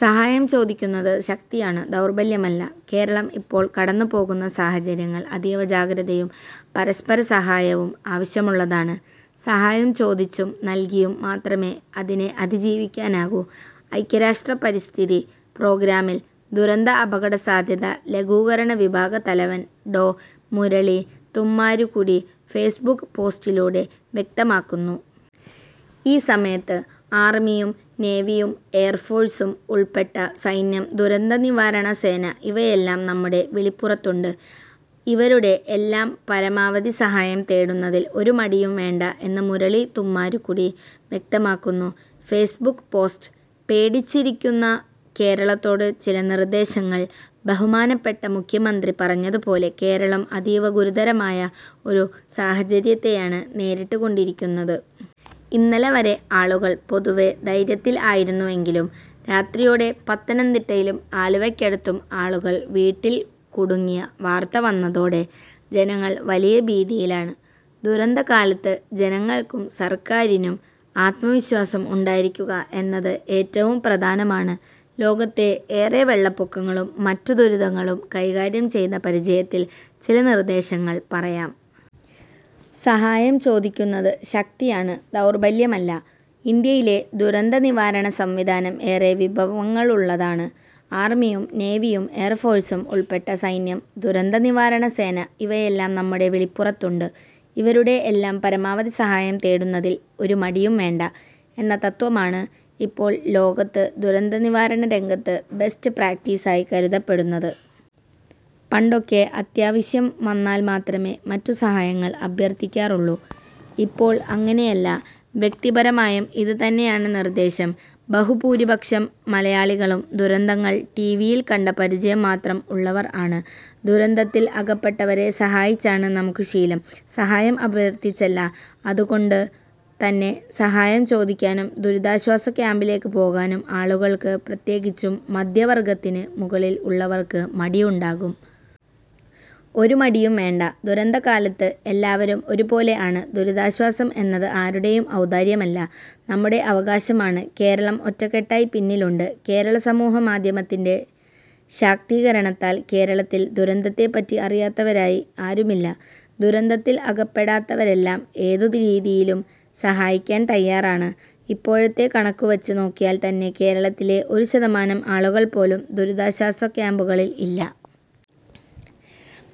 സഹായം ചോദിക്കുന്നത് ശക്തിയാണ് ദൗർബല്യമല്ല. കേരളം ഇപ്പോള്‍ കടന്നുപോകുന്ന സാഹചര്യങ്ങള്‍ അതീവ ജാഗ്രതയും, പരസ്പര സഹായവും ആവശ്യമുള്ളതാണ്. സഹായം ചോദിച്ചും നല്കിയും മാത്രമേ അതിനെ അതിജീവിക്കാനാകൂ. ഐക്യരാഷ്ട്ര പരിസ്ഥിതി പ്രോഗ്രാമിൽ ദുരന്ത അപകടസാധ്യതാ ലഘൂകരണ വിഭാഗ തലവൻ ഡോ. മുരളി തുമ്മാരുകുടി ഫേസ്ബുക്ക് പോസ്റ്റിലൂടെ വ്യക്തമാക്കുന്നു. ഈ സമയത്ത് ആർമിയും നേവിയും എയർഫോഴ്സും ഉൾപ്പെട്ട സൈന്യം, ദുരന്തനിവാരണ സേന ഇവയെല്ലാം നമ്മുടെ വിളിപ്പുറത്തുണ്ട്. ഇവരുടെ എല്ലാം പരമാവധി സഹായം തേടുന്നതിൽ ഒരു മടിയും വേണ്ട എന്നും മുരളി തുമ്മാരുക്കുടി വ്യക്തമാക്കുന്നു. ഫേസ്ബുക്ക് പോസ്റ്റ്: പേടിച്ചിരിക്കുന്ന കേരളത്തോട് ചില നിർദ്ദേശങ്ങൾ ബഹുമാനപ്പെട്ട മുഖ്യമന്ത്രി പറഞ്ഞതുപോലെ കേരളം അതീവ ഗുരുതരമായ ഒരു സാഹചര്യത്തെയാണ് നേരിട്ട് കൊണ്ടിരിക്കുന്നത്. ഇന്നലെവരെ ആളുകൾ പൊതുവെ ധൈര്യത്തിൽ ആയിരുന്നുവെങ്കിലും രാത്രിയോടെ പത്തനംതിട്ടയിലും ആലുവക്കടുത്തും ആളുകൾ വീട്ടിൽ കുടുങ്ങിയ വാർത്ത വന്നതോടെ ജനങ്ങൾ വലിയ ഭീതിയിലാണ്. ദുരന്തകാലത്ത് ജനങ്ങൾക്കും സർക്കാരിനും ആത്മവിശ്വാസം ഉണ്ടായിരിക്കുക എന്നത് ഏറ്റവും പ്രധാനമാണ്. ലോകത്തെ ഏറെ വെള്ളപ്പൊക്കങ്ങളും മറ്റു ദുരിതങ്ങളും കൈകാര്യം ചെയ്ത പരിചയത്തിൽ ചില നിർദ്ദേശങ്ങൾ പറയാം. സഹായം ചോദിക്കുന്നത് ശക്തിയാണ്, ദൗർബല്യമല്ല: ഇന്ത്യയിലെ ദുരന്തനിവാരണ സംവിധാനം ഏറെ വിഭവങ്ങളുള്ളതാണ്. ആർമിയും നേവിയും എയർഫോഴ്സും ഉൾപ്പെട്ട സൈന്യം, ദുരന്തനിവാരണ സേന ഇവയെല്ലാം നമ്മുടെ വിളിപ്പുറത്തുണ്ട്. ഇവരുടെ എല്ലാം പരമാവധി സഹായം തേടുന്നതിൽ ഒരു മടിയും വേണ്ട. '' എന്ന തത്വമാണ് ഇപ്പോൾ ലോകത്ത് ദുരന്തനിവാരണ രംഗത്ത് ബെസ്റ്റ് പ്രാക്ടീസ് ആയി കരുതപ്പെടുന്നത്. പണ്ടൊക്കെ അത്യാവശ്യം വന്നാൽ മാത്രമേ മറ്റു സഹായങ്ങൾ അഭ്യർത്ഥിക്കാറുള്ളു. ഇപ്പോൾ അങ്ങനെയല്ല. വ്യക്തിപരമായും ഇത് തന്നെയാണ് നിർദ്ദേശം. ബഹുഭൂരിപക്ഷം മലയാളികളും ദുരന്തങ്ങൾ ടി. വിയിൽ കണ്ട പരിചയം മാത്രം ഉള്ളവർ ആണ്. ദുരന്തത്തിൽ അകപ്പെട്ടവരെ സഹായിച്ചാണ് നമുക്ക് ശീലം, സഹായം അഭ്യർത്ഥിച്ചല്ല. അതുകൊണ്ടു തന്നെ സഹായം ചോദിക്കാനും ദുരിതാശ്വാസ ക്യാംപിലേക്ക് പോകാനും ആളുകൾക്ക് പ്രത്യേകിച്ചും മധ്യവർഗ്ഗത്തിന് മുകളിൽ ഉള്ളവർക്ക് മടിയുണ്ടാകും. ഒരു മടിയും വേണ്ട. ദുരന്തകാലത്ത് എല്ലാവരും ഒരു പോലെ ആണ്. ദുരിതാശ്വാസം എന്നത് ആരുടേയും ഔദാര്യമല്ല, നമ്മുടെ അവകാശമാണ്. കേരളം ഒറ്റക്കെട്ടായി പിന്നിലുണ്ട്: കേരളസമൂഹ മാധ്യമത്തിന്‍റെ ശാക്തീകരണത്താൽ കേരളത്തിൽ ദുരന്തത്തെപ്പറ്റി അറിയാത്തവരായി ആരുമില്ല. ദുരന്തത്തിൽ അകപ്പെടാത്തവരെല്ലാം ഏതു രീതിയിലും സഹായിക്കാൻ തയ്യാറാണ്. ഇപ്പോഴത്തെ കണക്കു വച്ച് നോക്കിയാൽ തന്നെ കേരളത്തിലെ ഒരു ശതമാനം ആളുകൾ പോലും ദുരിതാശ്വാസ ക്യാംപുകളിൽ ഇല്ല.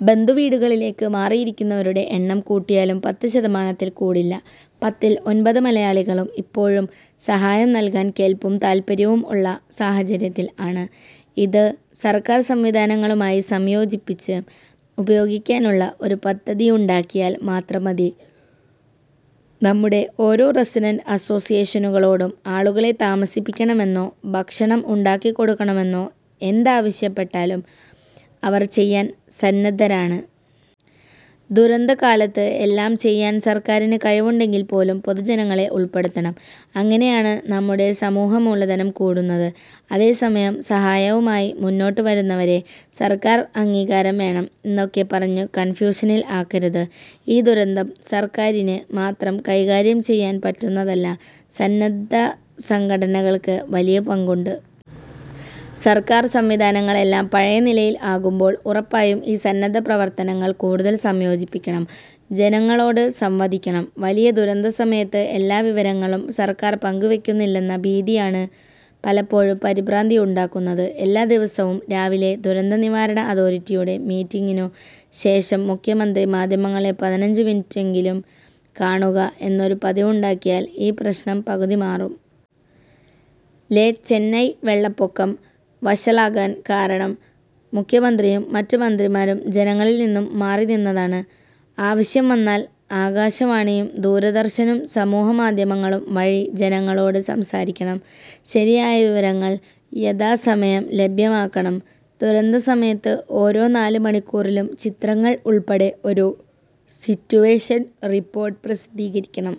ബന്ധുവീടുകളിലേക്ക് മാറിയിരിക്കുന്നവരുടെ എണ്ണം കൂട്ടിയാലും പത്തു ശതമാനത്തിൽ കൂടില്ല. പത്തിൽ ഒൻപത് മലയാളികളും ഇപ്പോഴും സഹായം നല്കാൻ കെല്പും താല്പര്യവും ഉള്ള സാഹചര്യത്തിൽ ആണ്. ഇത് സർക്കാർ സംവിധാനങ്ങളുമായി സംയോജിപ്പിച്ച് ഉപയോഗിക്കാനുള്ള ഒരു പദ്ധതിയുണ്ടാക്കിയാൽ മാത്രം മതി. നമ്മുടെ ഓരോ റസിഡന്‍റ് അസ്സോസ്സിയേഷനുകളോടും ആളുകളെ താമസിപ്പിക്കണമെന്നോ ഭക്ഷണം ഉണ്ടാക്കിക്കൊടുക്കണമെന്നോ എന്താവശ്യപ്പെട്ടാലും അവർ ചെയ്യാൻ സന്നദ്ധരാണ്. ദുരന്തകാലത്ത് എല്ലാം ചെയ്യാൻ സർക്കാരിന് കഴിവുണ്ടെങ്കിൽ പോലും പൊതുജനങ്ങളെ ഉൾപ്പെടുത്തണം. അങ്ങനെയാണ് നമ്മുടെ സമൂഹ മൂലധനം കൂടുന്നത്. അതേ സമയം സഹായവുമായി മുന്നോട്ടു വരുന്നവരെ സർക്കാർ അംഗീകാരം വേണം എന്നൊക്കെ പറഞ്ഞു കൺഫ്യൂഷനിൽ ആക്കരുത്. ഈ ദുരന്തം സർക്കാരിന് മാത്രം കൈകാര്യം ചെയ്യാൻ പറ്റുന്നതല്ല, സന്നദ്ധ സംഘടനകൾക്ക് വലിയ പങ്കുണ്ട്. സർക്കാർ സംവിധാനങ്ങൾ എല്ലാം പഴയ നിലയിൽ ആകുമ്പോൾ ഉറപ്പായും ഈ സന്നദ്ധ പ്രവർത്തനങ്ങൾ കൂടുതൽ സംയോജിപ്പിക്കണം. ജനങ്ങളോട് സംവദിക്കണം: വലിയ ദുരന്തസമയത്ത് എല്ലാ വിവരങ്ങളും സർക്കാർ പങ്കുവെക്കുന്നില്ലെന്ന ഭീതിയാണ് പലപ്പോഴും പരിഭ്രാന്തിയുണ്ടാക്കുന്നത്. എല്ലാ ദിവസവും രാവിലെ ദുരന്തനിവാരണ അതോറിറ്റിയുടെ മീറ്റിങ്ങിനു ശേഷം മുഖ്യമന്ത്രി മാധ്യമങ്ങളെ പതിനഞ്ചു മിനുട്ടെങ്കിലും കാണുക എന്നൊരു പതിവുണ്ടാക്കിയാൽ ഈ പ്രശ്നം പകുതി മാറും. ലെ ചെന്നൈ വെള്ളപ്പൊക്കം വഷളാകാൻ ഒരു കാരണം മുഖ്യമന്ത്രിയും മറ്റു മന്ത്രിമാരും ജനങ്ങളിൽ നിന്നും മാറിനിന്നതാണ്. ആവശ്യം വന്നാൽ ആകാശവാണിയും ദൂരദര്‍ശനും സമൂഹമാധ്യമങ്ങളും വഴി ജനങ്ങളോട് സംസാരിക്കണം. ശരിയായ വിവരങ്ങൾ യഥാസമയം ലഭ്യമാക്കണം: ദുരന്തസമയത്ത് ഓരോ നാലു മണിക്കൂറിലും ചിത്രങ്ങൾ ഉൾപ്പെടെ ഒരു സിറ്റുവേഷൻ റിപ്പോർട്ട് പ്രസിദ്ധീകരിക്കണം.